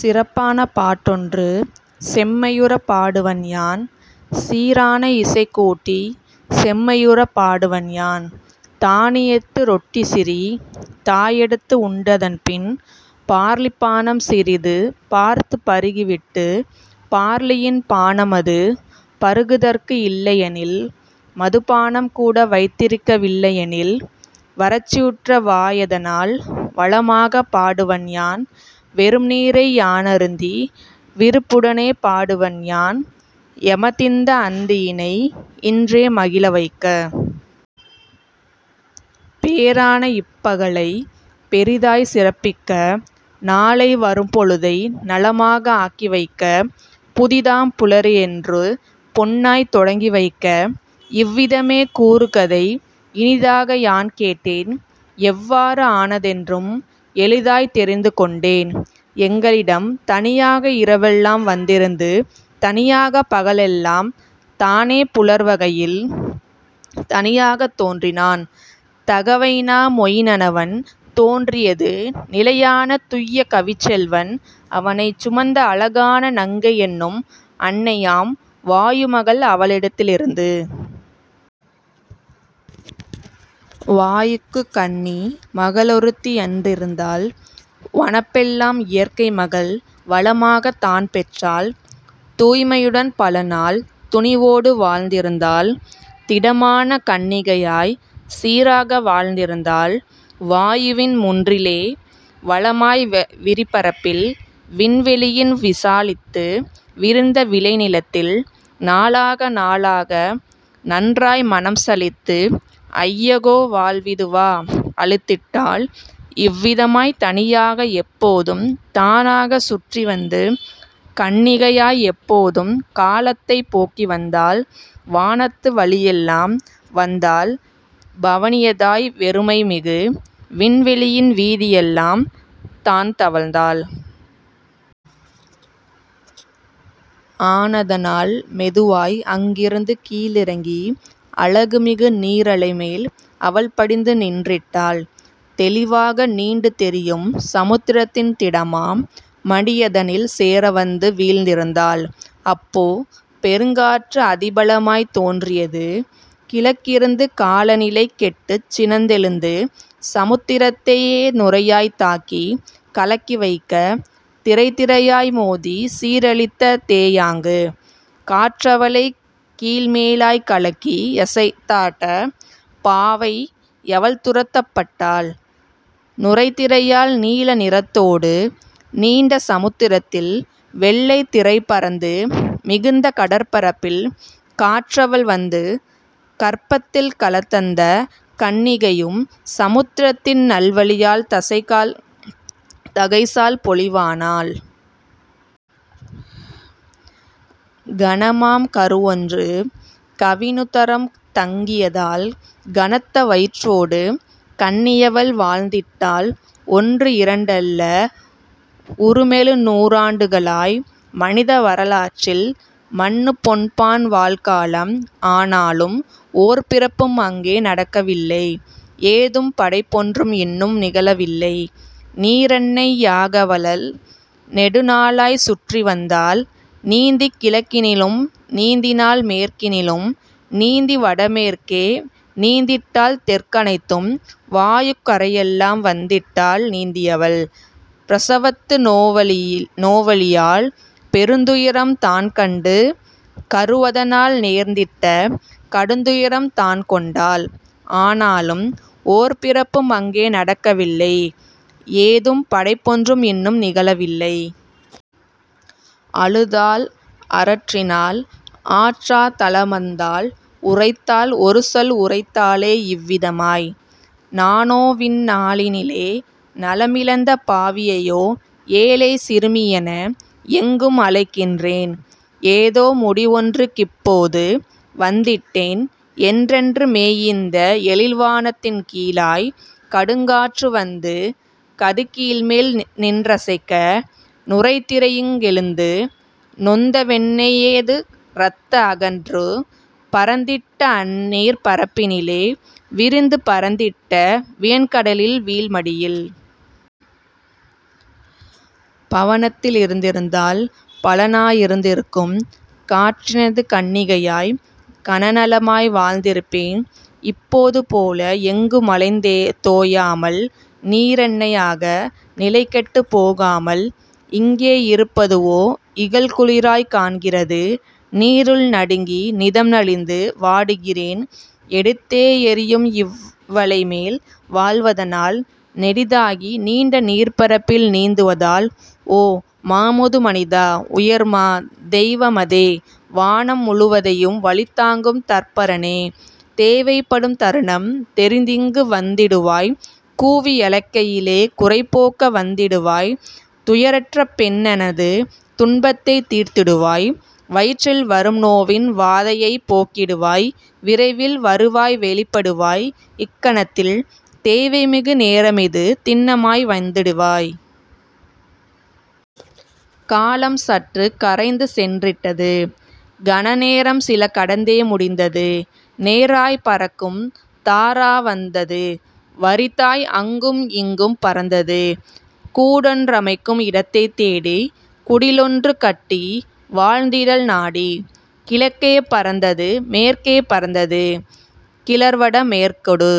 சிறப்பான பாட்டொன்று செம்மையுறப் பாடுவன்யான் சீரான இசைக்கூட்டிச் செம்மையுறப் பாடுவன்யான் தானியத்து ரொட்டிசிறி தாயெடுத்து உண்டதன்பின் பார்லிப்பானம் சிறிது பார்த்துப் பருகுவிட்டு பார்லியின் பானமது பருகுதற்கு இல்லையெனில் மதுபானம் கூட வைத்திருக்க வில்லையெனில் வறட்சியுற்ற வாயதனால் வளமாகப் பாடுவன்யான் வெறும்நீரை யானருந்தி விருப்புடனே பாடுவன்யான் எமதிந்த அந்தியினை இன்றே மகிழவைக்க. பேரான இப்பகலைப் பெரிதாய்ச் சிறப்பிக்க நாளை வரும்பொழுதை நலமாக ஆக்கிவைக்க புதிதாம் புலரியொன்றைப் பொன்னாய்த் தொடங்கிவைக்க. இவ்விதமே கூறுகதை இனிதாக யான்கேட்டேன் எவ்வாறு ஆனதென்றும் எளிதாய்த் தெரிந்துகொண்டேன்: எங்களிடம் தனியாக இரவெல்லாம் வந்திருந்து தனியாகப் பகலெல்லாம் தானே புலர்வகையில். தனியாகத் தோன்றினான் தகைவைனாமொயினனவன் தோன்றியது நிலையான துய்ய கவிச்செல்வம் அவனைச் சுமந்த அழகான நங்கையென்னும் அன்னையாம் வாயுமகள் அவளிடத்திலிருந்து. வாயுக்குக் கன்னி மகளொருத்தி யன்றிருந்தாள் வனப்பெல்லாம் இயற்கைமகள் வளமாகத் தான்பெற்றாள் தூய்மையுடன் பலநாள் துணிவோடு வாழ்ந்திருந்தாள் திடமான கன்னிகையாய்க் சீராக வாழ்ந்திருந்தாள் வாயுவின் முன்றிலிலே வளமாய் விரிபரப்பில் விண்வெளியின் விசாலித்து விரிந்த விளைநிலத்தில். நாளாக நாளாக நன்றாய் மனம்சலித்து ஐயகோ வாழ்விதுவா அலுத்திட்டாள் இவ்விதமாய் தனியாக எப்போதும் தானாகச் சுற்றிவந்து கன்னிகையாய் எப்போதும் காலத்தைப் போக்கிவந்தாள் வானத்து வெளியெல்லாம் வந்தாள் பவனியதாய் வெறுமைமிகு விண்வெளியின் வீதியெல்லாம் தான்தவழ்ந்தாள். ஆனதனால் மெதுவாய் அங்கிருந்து கீழிறங்கி அழகுமிகு நீரலைமேல் அவள்படிந்து நின்றிட்டாள் தெளிவாக நீண்டு தெரியும் சமுத்திரத்தின் திடமாம் மடியதனில் சேரவந்து வீழ்ந்திருந்தாள். அப்போ பெருங்காற்று அதிபலமாய்த் தோன்றியது கிழக்கிருந்து காலநிலை கெட்டுச் சினந்தெழுந்து சமுத்திரத்தை யேநுரையாய்த் தாக்கிக் கலக்கிவைக்க திரைதிரையாய் மோதிச் சீரழித்த தேயாங்கு. காற்றவளைக் கீழ்மேலாய்க் கலக்கி யசைத்தாட்ட பாவை யவள்துரத்தப் பட்டாள் நுரைதிரையால் நீல நிறத்தோடு நீண்ட சமுத்திரத்தில் வெள்ளைத் திரைபரந்து மிகுந்த கடற்பரப்பில் காற்றவள் வந்து கர்ப்பத்தில் கலந்தந்தக் கன்னிகையும் சமுத்திரத்தின் நல்வலியால் தகைசால் பொலிவானாள். கனமாம் கருவொன்று கவினுதரம் தங்கியதால் கனத்த வயிற்றோடு கன்னியவள் வாழ்ந்திட்டாள் ஒன்று இரண்டல்ல உறுமெழுநூறாண்டுகளாய் மனித வரலாற்றில் மன்னுபொன்பான் வாழ்காலம் ஆனாலும் ஓர்பிறப்பும் அங்கே நடக்கவில்லை ஏதும் படைப்பொன்றும் இன்னும் நிகழவில்லை. நீரன்னை யாகவவள் நெடுநாளாய்ச் சுற்றிவந்தாள் நீந்திக் கிழக்கினிலும் நீந்தினாள் மேற்கினிலும் நீந்தி வடமேற்கே நீந்திட்டாள் தெற்கனைத்தும் வாயுக் கரையெல்லாம் வந்திட்டாள் நீந்தியவள் பிரசவத்து நோவலியால் பெருந்துயரம் தான்கண்டு கருவதனால் நேர்ந்திட்ட கடுந்துயரம் தான்கொண்டாள் ஆனாலும் ஓர்பிறப்பும் அங்கே நடக்கவில்லை ஏதும் படைப்பொன்றும் இன்னும் நிகழவில்லை. அழுதாள் அரற்றினாள் ஆற்றா தலமந்தாள் உரைத்தாள் ஒருசொல் உரைத்தாளே இவ்விதமாய்: நானோவிந் நாளினிலே நலமிழந்த பாவியையோ ஏழைச் சிறுமியென எங்கும் அலைகின்றேன் ஏதோ முடிவொன்றுக் கிப்போது வந்திட்டேன் என்றென்று மேயிந்த எழில்வானத் தின்கீழாய் கடுங்காற்று வந்து கதிகீழ்மேல் நின்றசைக்க நுரைதிரை யிங்கெழுந்து நொந்தவென்னை யேதுரத்த அகன்று பரந்திட்ட அந்நீர்ப் பரப்பினிலே விரிந்து பரந்திட்ட வியன்கடலின் வீழ்மடியில். பவனத்தி லிருந்திருந்தால் பலனாயிருந்திருக்கும் காற்றினது கன்னிகையாய் கனநலமாய் வாழ்ந்திருப்பேன் இப்போது போல எங்குமலைந் தோயாமல் நீரன்னை யாக நிலைகெட்டுப் போகாமல்: இங்கே யிருப்பதுவோ இகல்குளிராய்க் காண்கிறது நீரில் நடுங்கி நிதம்நலிந்து வாடுகிறேன் எடுத்தே யெறியும் இவ்வலைமேல் வாழ்வதனால் நெடிதாகி நீண்ட நீர்ப்பரப்பில் நீந்துவதால். ஓ மாமுதுமனிதா உயர்மா தெய்வமதே வானம் முழுவதையும் வலிதாங்கும் தற்பரனே தேவைப்படும்தருணம் தெரிந்திங்கு வந்திடுவாய் கூவி யழைக்கையிலே குறைபோக்க வந்திடுவாய் துயருற்ற பெண்ணெனது துன்பத்தைத் தீர்த்திடுவாய் வயிற்றில் வரும்நோவின் வாதையைப் போக்கிடுவாய் விரைவில் வருவாய் வெளிப்படுவாய் இக்கணத்தில் தேவைமிகு நேரமிது திண்ணமாய் வந்திடுவாய். காலம் சற்றுக் கரைந்துசென்றிட்டது கணநேரம்சில கடந்தே முடிந்தது நேராய்ப் பறக்கும் தாரா வந்தது வறிதாய் அங்கும் இங்கும் பறந்தது கூடொன்றமைக்கும் இடத்தைத் தேடி குடிலொன்று கட்டி வாழ்ந்திடல் நாடி. கிழக்கே பறந்தது மேற்கே பறந்தது கிளர்வட மேற்கொடு